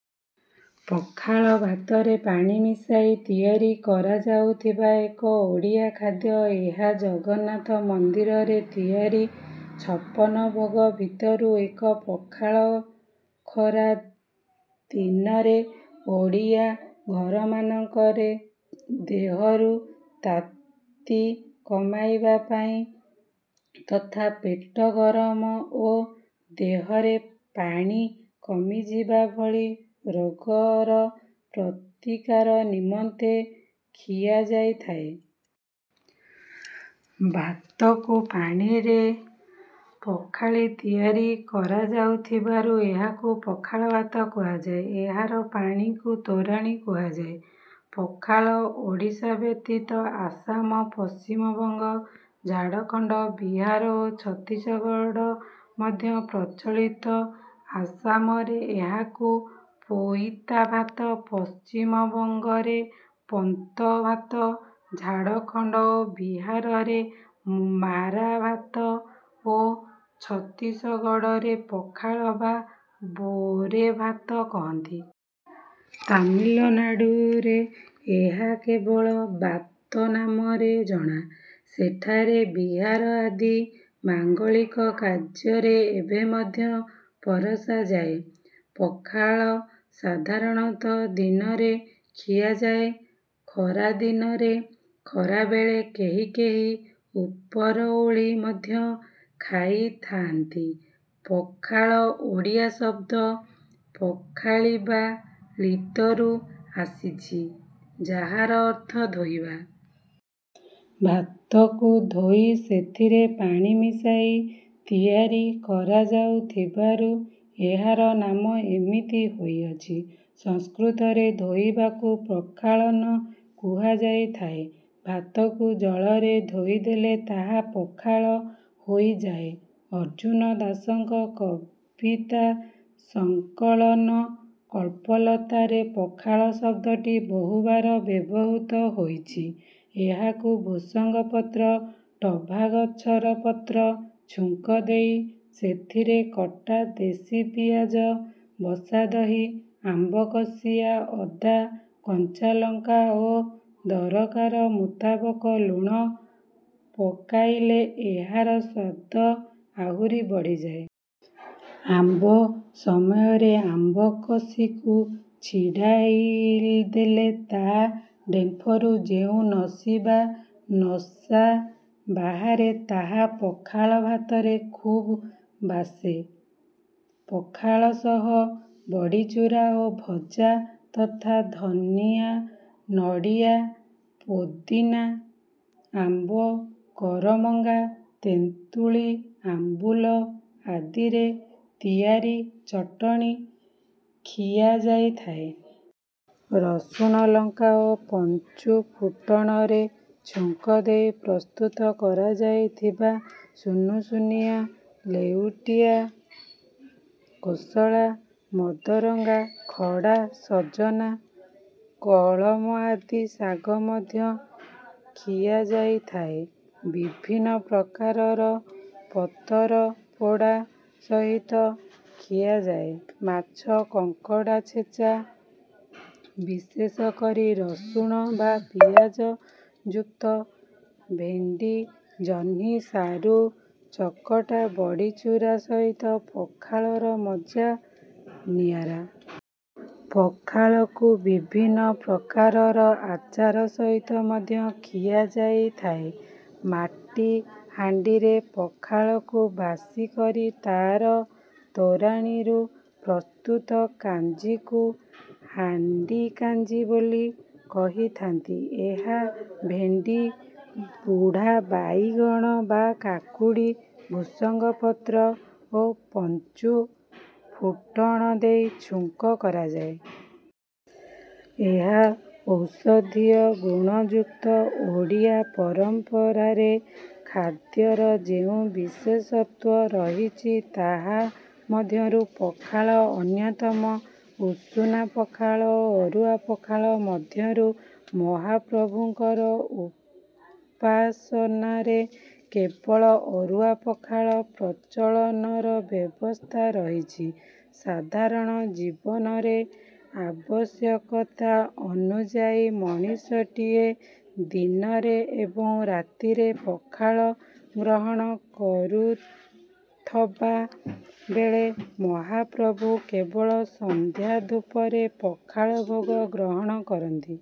ପଖାଳ ଭାତରେ ପାଣି ମିଶାଇ ତିଆରି କରାଯାଉଥିବା ଏକ ଓଡ଼ିଆ ଖାଦ୍ୟ। ଏହା ଜଗନ୍ନାଥ ମନ୍ଦିରରେ ତିଆରି ଛପନ ଭୋଗ ଭିତରୁ ଏକ। ପଖାଳ ଖରା ଦିନରେ ଓଡ଼ିଆ ଘରମାନଙ୍କରେ ଦେହରୁ ତାତି କମାଇବା ପାଇଁ ତଥା ପେଟ ଗରମ ଓ ଦେହରେ ପାଣି କମିଯିବା ଭଳି ରୋଗର ପ୍ରତିକାର ନିମନ୍ତେ ଖିଆଯାଇଥାଏ। ଭାତକୁ ପାଣିରେ ପଖାଳି ତିଆରି କରାଯାଉଥିବାରୁ ଏହାକୁ ପଖାଳ କୁହାଯାଏ। ଏହାର ପାଣିକୁ ତୋରାଣି କୁହାଯାଏ। ପଖାଳ ଓଡ଼ିଶା ବ୍ୟତୀତ ଆସାମ, ପଶ୍ଚିମ ବଙ୍ଗ, ଝାଡ଼ଖଣ୍ଡ, ବିହାର ଓ ଛତିଶଗଡ଼ ମଧ୍ୟ ପ୍ରଚଳିତ। ଆସାମରେ ଏହାକୁ ପୋଇତା ଭାତ ପଶ୍ଚିମ ବଙ୍ଗରେ ପନ୍ତ ଭାତ, ଝାଡ଼ଖଣ୍ଡ ଓ ବିହାରରେ ମାରା ଭାତ ଓ ଛତିଶଗଡ଼ରେ ପଖାଳ ବା ବୋରେ ଭାତ କହନ୍ତି। ତାମିଲନାଡୁରେ ଏହା କେବଳ ବାତ ନାମରେ ଜଣା। ସେଠାରେ ବିବାହ ଆଦି ମାଙ୍ଗଳିକ କାର୍ଯ୍ୟରେ ଏବେ ମଧ୍ୟ ପରଷା ଯାଏ। ପଖାଳ ସାଧାରଣତଃ ଦିନରେ ଖିଆଯାଏ। ଖରାଦିନରେ ଖରାବେଳେ, କେହି କେହି ଉପରଓଳି ମଧ୍ୟ ଖାଇଥାଆନ୍ତି। ପଖାଳ ଓଡ଼ିଆ ଶବ୍ଦ ପଖାଳିବା ଳିତ ରୁ ଆସିଛି ଯାହାର ଅର୍ଥ ଧୋଇବା। ଭାତକୁ ଧୋଇ ସେଥିରେ ପାଣି ମିଶାଇ ତିଆରି କରାଯାଉଥିବାରୁ ଏହାର ନାମ ଏମିତି ହୋଇଅଛି। ସଂସ୍କୃତରେ ଧୋଇବାକୁ ପ୍ରକ୍ଷାଳନ କୁହାଯାଇଥାଏ। ଭାତକୁ ଜଳରେ ଧୋଇଦେଲେ ତାହା ପଖାଳ ହୋଇଯାଏ। ଅର୍ଜୁନ ଦାସଙ୍କ କବିତା ସଙ୍କଳନ କଳ୍ପଲତା ରେ ପଖାଳ ଶବ୍ଦଟି ବହୁବାର ବ୍ୟବହୃତ ହୋଇଛି। ଏହାକୁ ଭୃସଙ୍ଗ ପତ୍ର, ଟଭାଗଛର ପତ୍ର ଛୁଙ୍କ ଦେଇ ସେଥିରେ କଟା ଦେଶୀ ପିଆଜ, ବସାଦହି, ଆମ୍ବକସିଆ ଅଦା, କଞ୍ଚାଲଙ୍କା ଓ ଦରକାର ମୁତାବକ ଲୁଣ ପକାଇଲେ ଏହାର ସ୍ୱାଦ ଆହୁରି ବଢ଼ିଯାଏ। ଆମ୍ବ ସମୟରେ ଆମ୍ବ କଷିକୁ ଛିଡ଼ାଇଦେଲେ ତା' ଡେମ୍ଫରୁ ଯେଉଁ ନସି ବା ନସା ବାହାରେ ତାହା ପଖାଳ ଭାତରେ ଖୁବ୍ ବାସେ। ପଖାଳ ସହ ବଡ଼ିଚୁରା ଓ ଭଜା ତଥା ଧନିଆ, ନଡ଼ିଆ, ପୋଦିନା, ଆମ୍ବ, କରମଙ୍ଗା ତେନ୍ତୁଳି ଆମ୍ବୁଲ ଆଦିରେ ତିଆରି ଚଟଣି ଖିଆଯାଇଥାଏ। ରସୁଣ, ଲଙ୍କା ଓ ପଞ୍ଚୁ ଫୁଟଣରେ ଛୁଙ୍କଦେଇ ପ୍ରସ୍ତୁତ କରାଯାଇଥିବା ସୁନୁସୁନିଆ ଲେଉଟିଆ କୋଶଳା, ମଦରଙ୍ଗା ଖଡ଼ା ସଜନା, କଳମ ଆଦି ଶାଗ ମଧ୍ୟ ଖିଆଯାଇଥାଏ। ବିଭିନ୍ନ ପ୍ରକାରର ପତର ପୋଡ଼ା ସହିତ ଖିଆଯାଏ। ମାଛ, କଙ୍କଡ଼ା ଛେଚା, ବିଶେଷ କରି ରସୁଣ ବା ପିଆଜ ଯୁକ୍ତ ଭେଣ୍ଡି, ଜହ୍ନି, ସାରୁ ଚକଟା, ବଡ଼ିଚୁରା ସହିତ ପଖାଳର ମଜା ନିଆରା। ପଖାଳକୁ ବିଭିନ୍ନ ପ୍ରକାରର ଆଚାର ସହିତ ମଧ୍ୟ ଖିଆ ଯାଇଥାଏ। ମାଟି ହାଣ୍ଡିରେ ପଖାଳକୁ ବାସି କରି ତା'ର ତୋରାଣିରୁ ପ୍ରସ୍ତୁତ କାଞ୍ଜିକୁ ହାଣ୍ଡି କାଞ୍ଜି ବୋଲି କହିଥାନ୍ତି। ଏହା ଭେଣ୍ଡି, ବୁଢା ବାଇଗଣ ବା କାକୁଡ଼ି, ଭୃସଙ୍ଗ ପତ୍ର ଓ ପଞ୍ଚୁ ଫୁଟଣ ଦେଇ ଛୁଙ୍କ କରାଯାଏ। ଏହା ଔଷଧୀୟ ଗୁଣ ଯୁକ୍ତ। ଓଡ଼ିଆ ପରମ୍ପରାରେ ଖାଦ୍ୟର ଯେଉଁ ବିଶେଷତ୍ୱ ରହିଛି ତାହା ମଧ୍ୟରୁ ପଖାଳ ଅନ୍ୟତମ। ଉଷୁନା ପଖାଳ ଓ ଅରୁଆ ପଖାଳ ମଧ୍ୟରୁ ମହାପ୍ରଭୁଙ୍କର ଉପାସନାରେ କେବଳ ଅରୁଆ ପଖାଳ ପ୍ରଚଳନର ବ୍ୟବସ୍ଥା ରହିଛି। ସାଧାରଣ ଜୀବନରେ ଆବଶ୍ୟକତା ଅନୁଯାୟୀ ମଣିଷଟିଏ ଦିନରେ ଏବଂ ରାତିରେ ପଖାଳ ଗ୍ରହଣ କରୁଥବା ବେଳେ ମହାପ୍ରଭୁ କେବଳ ସନ୍ଧ୍ୟାଧୂପରେ ପଖାଳ ଭୋଗ ଗ୍ରହଣ କରନ୍ତି।